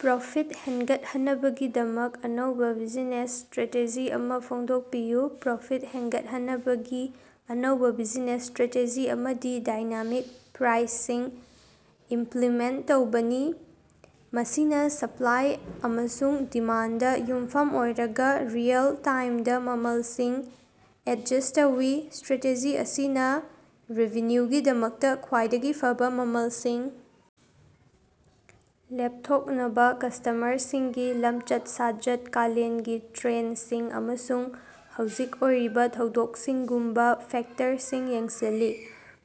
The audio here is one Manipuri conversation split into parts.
ꯄ꯭ꯔꯣꯐꯤꯠ ꯍꯦꯟꯒꯠꯍꯟꯅꯕꯒꯤꯗꯃꯛ ꯑꯅꯧꯕ ꯕꯤꯖꯤꯅꯦꯁ ꯁ꯭ꯇꯔꯦꯇꯦꯖꯤ ꯑꯃ ꯐꯣꯡꯗꯣꯛꯄꯤꯌꯨ꯫ ꯄ꯭ꯔꯣꯐꯤꯠ ꯍꯦꯟꯒꯠꯍꯟꯅꯕꯒꯤ ꯑꯅꯧꯕ ꯕꯤꯖꯤꯅꯦꯁ ꯁ꯭ꯇꯔꯦꯇꯦꯖꯤ ꯑꯃꯗꯤ ꯗꯥꯏꯅꯥꯃꯤꯛ ꯄ꯭ꯔꯥꯏꯁꯤꯡ ꯏꯝꯄ꯭ꯂꯤꯃꯦꯟꯇ ꯇꯧꯕꯅꯤ, ꯃꯁꯤꯅ ꯁꯞꯂꯥꯏ ꯑꯃꯁꯨꯡ ꯗꯤꯃꯥꯟꯗꯗꯥ ꯌꯨꯝꯐꯝ ꯑꯣꯏꯔꯒ ꯔꯤꯑꯦꯜ-ꯇꯥꯏꯝꯗꯥ ꯃꯃꯜꯁꯤꯡ ꯑꯦꯗꯖꯁ꯭ꯠ ꯇꯧꯏ꯫ ꯁ꯭ꯇꯔꯥꯇꯦꯖꯤ ꯑꯁꯤꯅ ꯔꯦꯚꯤꯅ꯭ꯌꯨꯒꯤꯗꯃꯛꯇ ꯈ꯭ꯋꯥꯏꯗꯒꯤ ꯐꯕꯥ ꯃꯃꯜꯁꯤꯡ ꯂꯦꯞꯊꯣꯛꯅꯕꯥ ꯀꯁ꯭ꯇꯃꯔꯁꯤꯡꯒꯤ ꯂꯃꯆꯠ-ꯁꯥꯖꯠ, ꯀꯥꯂꯦꯟꯒꯤ ꯇ꯭ꯔꯦꯟꯗꯁꯤꯡ, ꯑꯃꯁꯨꯡ ꯍꯧꯖꯤꯛ ꯑꯣꯏꯔꯤꯕ ꯊꯧꯗꯣꯛꯁꯤꯡꯒꯨꯝꯕ ꯐꯦꯛꯇꯔꯁꯤꯡ ꯌꯦꯡꯁꯤꯜꯂꯤ꯫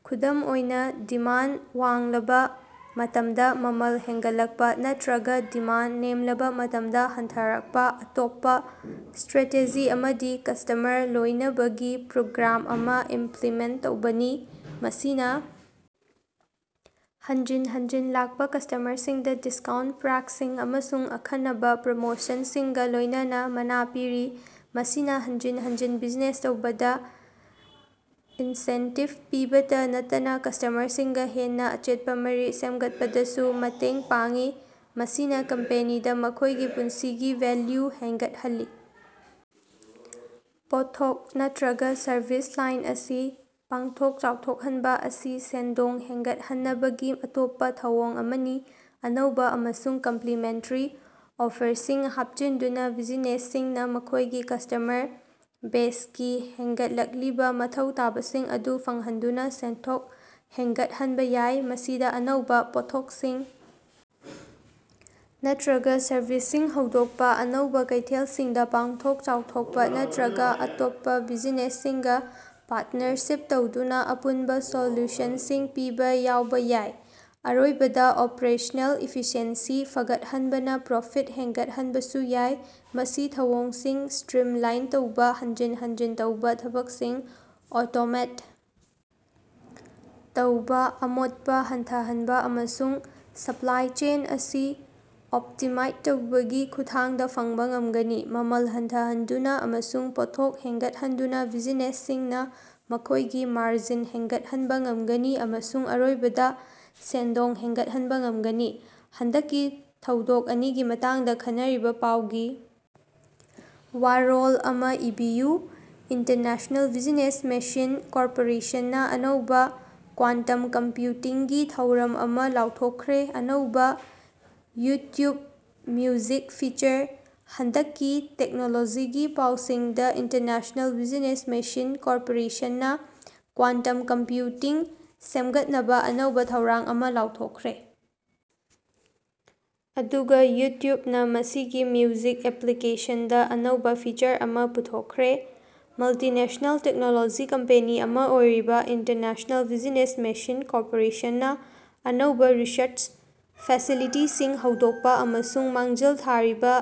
ꯈꯨꯗꯝ ꯑꯣꯏꯅ, ꯗꯤꯃꯥꯟꯗ ꯋꯥꯡꯂꯕ ꯃꯇꯝꯗ ꯃꯃꯜ ꯍꯦꯟꯒꯠꯂꯛꯄ ꯅꯠꯇꯔꯒ ꯗꯤꯃꯥꯟꯗ ꯅꯦꯝꯂꯕꯥ ꯃꯇꯝꯗ ꯍꯟꯊꯔꯛꯄ꯫ ꯑꯇꯣꯞꯄꯥ ꯁ꯭ꯇꯔꯥꯇꯦꯖꯤ ꯑꯃꯗꯤ ꯀꯁ꯭ꯇꯃꯔ ꯂꯣꯏꯅꯕꯒꯤ ꯄ꯭ꯔꯣꯒ꯭ꯔꯥꯝ ꯑꯃ ꯏꯝꯄ꯭ꯂꯤꯃꯦꯟꯇ ꯇꯧꯕꯅꯤ, ꯃꯁꯤꯅ ꯍꯟꯖꯤꯟ ꯍꯟꯖꯤꯟ ꯂꯥꯛꯄ ꯀꯁ꯭ꯇꯃꯔꯁꯤꯡꯗ‌ ꯗꯤꯁꯀꯥꯎꯟꯇ, ꯄꯥ꯭ꯔꯛꯁꯤꯡ ꯑꯃꯁꯨꯡ ꯑꯈꯟꯅꯕꯥ ꯄ꯭ꯔꯣꯃꯣꯁꯟꯁꯤꯡꯒ ꯂꯣꯏꯅꯅꯥ ꯃꯅꯥ ꯄꯤꯔꯤ꯫ ꯃꯁꯤꯅ‌ ꯍꯟꯖꯤꯟ ꯍꯟꯖꯤꯟ ꯕꯤꯖꯤꯅꯦꯁ ꯇꯧꯕꯗ ꯏꯟꯁꯦꯟꯇꯤꯕ ꯄꯤꯕꯇꯥ ꯅꯠꯇꯅꯥ ꯀꯁ꯭ꯇꯃꯔꯁꯤꯡꯒ ꯍꯦꯟꯅ ꯑꯆꯦꯠꯄ ꯃꯔꯤ ꯁꯦꯝꯒꯠꯄꯗꯁꯨ ꯃꯇꯦꯡ ꯄꯥꯡꯏ, ꯃꯁꯤꯅ ꯀꯝꯄꯦꯅꯤꯗ ꯃꯈꯣꯏꯒꯤ ꯄꯨꯟꯁꯤꯒꯤ ꯚꯦꯂ꯭ꯌꯨ ꯍꯦꯟꯒꯠꯍꯜꯂꯤ꯫ ꯄꯣꯠꯊꯣꯛ ꯅꯠꯇꯔꯒ ꯁꯔꯕꯤꯁ ꯂꯥꯏꯟ ꯑꯁꯤ ꯄꯥꯛꯊꯣꯛ ꯆꯥꯎꯊꯣꯛꯍꯟꯕ‌ ꯑꯁꯤ ꯁꯦꯟꯗꯣꯡ ꯍꯦꯟꯒꯠꯍꯟꯅꯕꯒꯤ ꯑꯇꯣꯞꯄ ꯊꯧꯑꯣꯡ ꯑꯃꯅꯤ꯫ ꯑꯅꯧꯕ ꯑꯃꯁꯨꯡ ꯀꯝꯄ꯭ꯂꯤꯃꯦꯟꯇꯦꯔꯤ ꯑꯣꯐꯔꯁꯤꯡ ꯍꯥꯞꯆꯤꯟꯗꯨꯅ ꯕꯤꯖꯤꯅꯦꯁꯁꯤꯡꯅ ꯃꯈꯣꯏꯒꯤ ꯀꯁ꯭ꯇꯃꯔ ꯕꯦꯖꯒꯤ ꯍꯦꯟꯒꯠꯂꯛꯂꯤꯕ ꯃꯊꯧ ꯇꯥꯕꯁꯤꯡ ꯑꯗꯨ ꯐꯪꯍꯟꯗꯨꯅ ꯁꯦꯟꯊꯣꯛ ꯍꯦꯟꯒꯠꯍꯟꯕ ꯌꯥꯏ꯫ ꯃꯁꯤꯗ ꯑꯅꯧꯕ ꯄꯣꯠꯊꯣꯛꯁꯤꯡ ꯅꯠꯇꯔꯒ ꯁꯔꯕꯤꯁꯁꯤꯡ ꯍꯧꯗꯣꯛꯄ, ꯑꯅꯧꯕ ꯀꯩꯊꯦꯜꯁꯤꯡꯗ ꯄꯥꯛꯊꯣꯛ ꯆꯥꯎꯊꯣꯛꯄ, ꯅꯠꯇꯔꯒ ꯑꯇꯣꯞꯄ ꯕꯤꯖꯤꯅꯦꯁꯁꯤꯡꯒ ꯄꯥꯔꯇꯅꯔꯁꯤꯞ ꯇꯧꯗꯨꯅ ꯑꯄꯨꯟꯕ ꯁꯣꯂꯨꯁꯟꯁꯤꯡ ꯄꯤꯕ ꯌꯥꯎꯕ ꯌꯥꯏ꯫ ꯑꯔꯣꯏꯕꯗꯥ, ꯑꯣꯄ꯭ꯔꯦꯁꯅꯦꯜ ꯏꯐꯤꯁꯤꯑꯦꯟꯁꯤ ꯐꯒꯠꯍꯟꯕꯅꯥ ꯄ꯭ꯔꯣꯐꯤꯠ ꯍꯦꯟꯒꯠꯍꯟꯕꯁꯨ ꯌꯥꯏ꯫ ꯃꯁꯤ ꯊꯧꯑꯣꯡꯁꯤꯡ ꯁ꯭ꯇꯔꯤꯝꯂꯥꯏꯟ ꯇꯧꯕ, ꯍꯟꯖꯤꯟ ꯍꯟꯖꯤꯟ ꯇꯧꯕ ꯊꯕꯛꯁꯤꯡ ꯑꯣꯇꯣꯃꯦꯠ ꯇꯧꯕ, ꯑꯃꯣꯠꯄ ꯍꯟꯊꯍꯟꯕ, ꯑꯃꯁꯨꯡ ꯁꯄ꯭ꯂꯥꯏ ꯆꯦꯟ ꯑꯁꯤ ꯑꯣꯞꯇꯤꯃꯥꯏꯖ ꯇꯧꯕꯒꯤ ꯈꯨꯠꯊꯥꯡꯗ ꯐꯪꯕ ꯉꯝꯒꯅꯤ꯫ ꯃꯃꯜ ꯍꯟꯊꯍꯟꯗꯨꯅ ꯑꯃꯁꯨꯡ ꯄꯣꯠꯊꯣꯛ ꯍꯦꯟꯒꯠꯍꯟꯗꯨꯅ ꯕꯤꯖꯤꯅꯦꯁꯁꯤꯡꯅ ꯃꯈꯣꯏꯒꯤ ꯃꯥꯔꯖꯤꯟ ꯍꯦꯟꯒꯠꯍꯟꯕ ꯉꯝꯒꯅꯤ ꯑꯃꯁꯨꯡ ꯑꯔꯣꯏꯕꯗ ꯁꯦꯟꯗꯣꯡ ꯍꯦꯟꯒꯠꯍꯟꯕ ꯉꯒꯅꯤ꯫ ꯍꯟꯗꯛꯀꯤ ꯊꯧꯗꯣꯛ ꯑꯅꯤꯒꯤ ꯃꯇꯥꯡꯗ ꯈꯟꯅꯔꯤꯕ‌ ꯄꯥꯎꯒꯤ ꯋꯥꯔꯣꯜ ꯑꯃ ꯏꯕꯤꯌꯨ꯫ ꯏꯟꯇꯔꯅꯦꯁꯅꯦꯜ ꯕꯤꯖꯤꯅꯦꯁ ꯃꯦꯁꯤꯟ ꯀꯣꯔꯄꯥꯔꯦꯁꯟ ꯅꯥ ꯑꯅꯧꯕ‌ ꯀ꯭ꯋꯥꯟꯇꯝ ꯀꯝꯄ꯭ꯌꯨꯇꯤꯡꯒꯤ ꯊꯧꯔꯥꯡ ꯑꯃ ꯂꯥꯎꯊꯣꯛꯈ꯭ꯔꯦ ꯑꯅꯧꯕ ꯌꯨꯇ꯭ꯌꯨꯕ ꯃꯤꯎꯖꯤꯛ ꯐꯤꯆꯔ꯫ ꯍꯟꯗꯛꯀꯤ ꯇꯦꯛꯅꯣꯂꯣꯖꯤꯒꯤ ꯄꯥꯎꯁꯤꯡꯗ ꯏꯟꯇꯔꯅꯦꯁꯅꯦꯜ ꯕꯤꯖꯤꯅꯦꯁ ꯃꯦꯁꯤꯟ ꯀꯣꯔꯄꯥꯔꯦꯁꯟ ꯅꯥ ꯀ꯭ꯋꯥꯟꯇꯝ ꯀꯝꯄ꯭ꯌꯨꯇꯤꯡ ꯁꯦꯝꯒꯠꯅꯕꯥ ꯑꯅꯧꯕ ꯊꯧꯔꯥꯡ ꯑꯃ ꯂꯥꯎꯊꯣꯛꯈ꯭ꯔꯦ, ꯑꯗꯨꯒ ꯌꯨꯇ꯭ꯌꯨꯕ ꯅꯥ ꯃꯁꯤꯒꯤ ꯃ꯭ꯌꯨꯖꯤꯛ ꯑꯦꯄ꯭ꯂꯤꯀꯦꯁꯟꯗ ꯑꯅꯧꯕ ꯐꯤꯆꯔ ꯑꯃ ꯄꯨꯊꯣꯛꯈ꯭ꯔꯦ꯫ ꯃꯜꯇꯤꯅꯦꯁ꯭ꯅꯦꯜ ꯇꯦꯛꯅꯣꯂꯣꯖꯤ ꯀꯝꯄꯦꯅꯤ ꯑꯃ ꯑꯣꯏꯔꯤꯕ ꯏꯟꯇꯔꯅꯦꯁꯅꯦꯜ ꯕꯤꯖꯤꯅꯦꯁ ꯃꯦꯁꯤꯟ ꯀꯣꯔꯄꯥꯔꯦꯄꯟꯅꯥ ꯑꯅꯧꯕ ꯔꯤꯁꯔꯆ ꯐꯦꯁꯤꯂꯤꯇꯤꯁꯤꯡ ꯍꯧꯗꯣꯛꯄ ꯑꯃꯁꯨꯡ ꯃꯥꯡꯖꯤꯜ ꯊꯥꯔꯤꯕ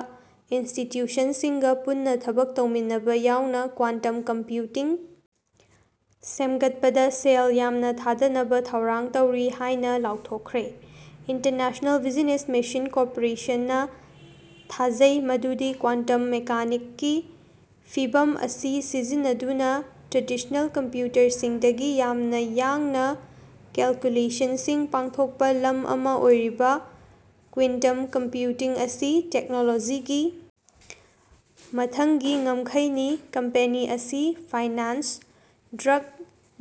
ꯏꯟꯁꯇꯤꯇ꯭ꯌꯨꯁꯟꯁꯤꯡꯒ ꯄꯨꯟꯅ ꯊꯕꯛ ꯇꯧꯃꯤꯟꯅꯕꯥ ꯌꯥꯎꯅ ꯀ꯭ꯋꯥꯟꯇꯝ ꯀꯝꯄ꯭ꯌꯨꯇꯤꯡ ꯁꯦꯝꯒꯠꯄꯗꯥ ꯁꯦꯜ ꯌꯥꯝꯅ ꯊꯥꯗꯅꯕꯥ ꯊꯧꯔꯥꯡ ꯇꯧꯔꯤ ꯍꯥꯏꯅ ꯂꯥꯎꯊꯣꯛꯈ꯭ꯔꯦ꯫ ꯏꯟꯇꯔꯅꯦꯁꯅꯦꯜ ꯕꯤꯖꯤꯅꯦꯁ ꯃꯦꯁꯤꯟ ꯀꯣꯔꯄꯥꯔꯦꯁꯟ ꯅꯥ ꯊꯥꯖꯩ ꯃꯗꯨꯗꯤ ꯀ꯭ꯋꯥꯟꯇꯝ ꯃꯦꯀꯥꯅꯤꯛꯁꯀꯤ ꯐꯤꯚꯝ ꯑꯁꯤ ꯁꯤꯖꯤꯟꯅꯗꯨꯅ ꯇ꯭ꯔꯦꯗꯤꯁ꯭ꯅꯦꯜ ꯀꯝꯄ꯭ꯌꯨꯇꯔꯁꯤꯡꯗꯒꯤ ꯌꯥꯝꯅ ꯌꯥꯡꯅ ꯀꯦꯜꯀꯨꯂꯦꯁꯟꯁꯤꯡ ꯄꯥꯡꯊꯣꯛꯄ ꯂꯝ ꯑꯃ ꯑꯣꯏꯔꯤꯕ ꯀ꯭ꯋꯤꯟꯇꯝ ꯀꯝꯄ꯭ꯌꯨꯇꯤꯡ ꯑꯁꯤ ꯇꯦꯛꯅꯣꯂꯣꯖꯤꯒꯤ ꯃꯊꯪꯒꯤ ꯉꯝꯈꯩꯅꯤ꯫ ꯀꯝꯄꯦꯅꯤ ꯑꯁꯤ ꯐꯥꯏꯅꯥꯟꯁ, ꯗ꯭ꯔꯒ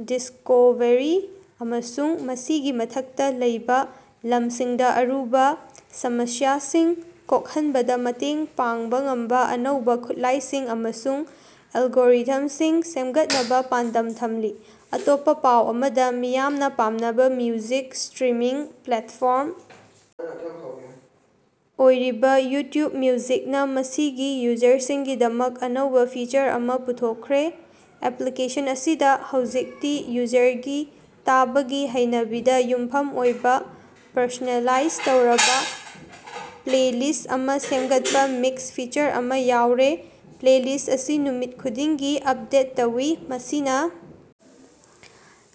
ꯗꯤꯁꯀꯣꯚꯔꯤ, ꯑꯃꯁꯨꯡ ꯃꯁꯤꯒꯤ ꯃꯊꯛꯇ ꯂꯩꯕ ꯂꯝꯁꯤꯡꯗ ꯑꯔꯨꯕ ꯁꯃꯁ꯭ꯌꯥꯁꯤꯡ ꯀꯣꯛꯍꯟꯕꯗꯥ ꯃꯇꯦꯡ ꯄꯥꯡꯕ ꯉꯝꯕ ꯑꯅꯧꯕ ꯈꯨꯠꯂꯥꯏꯁꯤꯡ ꯑꯃꯁꯨꯡ ꯑꯦꯜꯒꯣꯔꯤꯊꯝꯁꯤꯡ ꯁꯦꯝꯒꯠꯅꯕ ꯄꯥꯟꯗꯝ ꯊꯝꯂꯤ꯫ ꯑꯇꯣꯞꯄ ꯄꯥꯎ ꯑꯃꯗ, ꯃꯤꯌꯥꯝꯅ ꯄꯥꯝꯅꯕ ꯃ꯭ꯌꯨꯖꯤꯛ ꯁ꯭ꯇꯔꯤꯃꯤꯡ ꯄ꯭ꯂꯦꯠꯐꯣꯔꯝ ꯑꯣꯏꯔꯤꯕ ꯌꯨꯇ꯭ꯌꯨꯕ ꯃꯤꯎꯖꯤꯛꯅ ꯃꯁꯤꯒꯤ ꯌꯨꯖꯔꯁꯤꯡꯒꯤꯗꯃꯛ ꯑꯅꯧꯕ ꯐꯤꯆꯔ ꯑꯃ ꯄꯨꯊꯣꯛꯈ꯭ꯔꯦ꯫ ꯑꯦꯄ꯭ꯂꯤꯀꯦꯁꯟ ꯑꯁꯤꯗ ꯍꯧꯖꯤꯛꯇꯤ ꯌꯨꯖꯔꯒꯤ ꯇꯥꯕꯒꯤ ꯍꯩꯅꯕꯤꯗ ꯌꯨꯝꯐꯝ ꯑꯣꯏꯕ ꯄꯔꯁꯣꯅꯦꯂꯥꯏꯖ ꯇꯧꯔꯕ ꯄ꯭ꯂꯦꯂꯤꯁ꯭ꯠ ꯑꯃ ꯁꯦꯝꯒꯠꯄ ꯃꯤꯛꯁ ꯐꯤꯆꯔ ꯑꯃ ꯌꯥꯎꯔꯦ꯫ ꯄ꯭ꯂꯦꯂꯤꯁ꯭ꯠ ꯑꯁꯤ ꯅꯨꯃꯤꯠ ꯈꯨꯗꯤꯡꯒꯤ ꯑꯞꯗꯦꯠ ꯇꯧꯏ, ꯃꯁꯤꯅ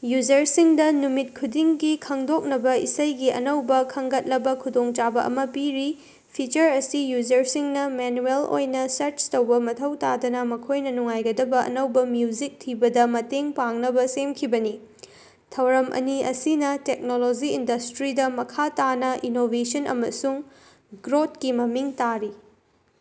ꯌꯨꯖꯔꯁꯤꯡꯗ ꯅꯨꯃꯤꯠ ꯈꯨꯗꯤꯡꯒꯤ ꯈꯪꯗꯣꯛꯅꯕ ꯏꯁꯩꯒꯤ ꯑꯅꯧꯕ ꯈꯟꯒꯠꯂꯕ‌ ꯈꯨꯗꯣꯡꯆꯥꯕ ꯑꯃ ꯄꯤꯔꯤ꯫ ꯐꯤꯆꯔ ꯑꯁꯤ ꯌꯨꯖꯔꯁꯤꯡꯅ ꯃꯦꯅꯨꯑꯦꯜ ꯑꯣꯏꯅ ꯁꯥꯔꯆ ꯇꯧꯕ ꯃꯊꯧ ꯇꯥꯗꯅ ꯃꯈꯣꯏꯅ ꯅꯨꯡꯉꯥꯏꯒꯗꯕ ꯑꯅꯧꯕ ꯃ꯭ꯌꯨꯖꯤꯛ ꯊꯤꯕꯗꯥ ꯃꯇꯦꯡ ꯄꯥꯡꯅꯕꯥ ꯁꯦꯝꯈꯤꯕꯅꯤ꯫ ꯊꯧꯔꯝ ꯑꯅꯤ ꯑꯁꯤꯅ ꯇꯦꯛꯅꯣꯂꯣꯖꯤ ꯏꯟꯗ꯭ꯁꯇꯔꯤꯗ ꯃꯈꯥ ꯇꯥꯅ ꯏꯅꯣꯕꯦꯁꯟ ꯑꯃꯁꯨꯡ ꯒ꯭ꯔꯣꯊꯀꯤ ꯃꯃꯤ ꯇꯥꯔꯤ꯫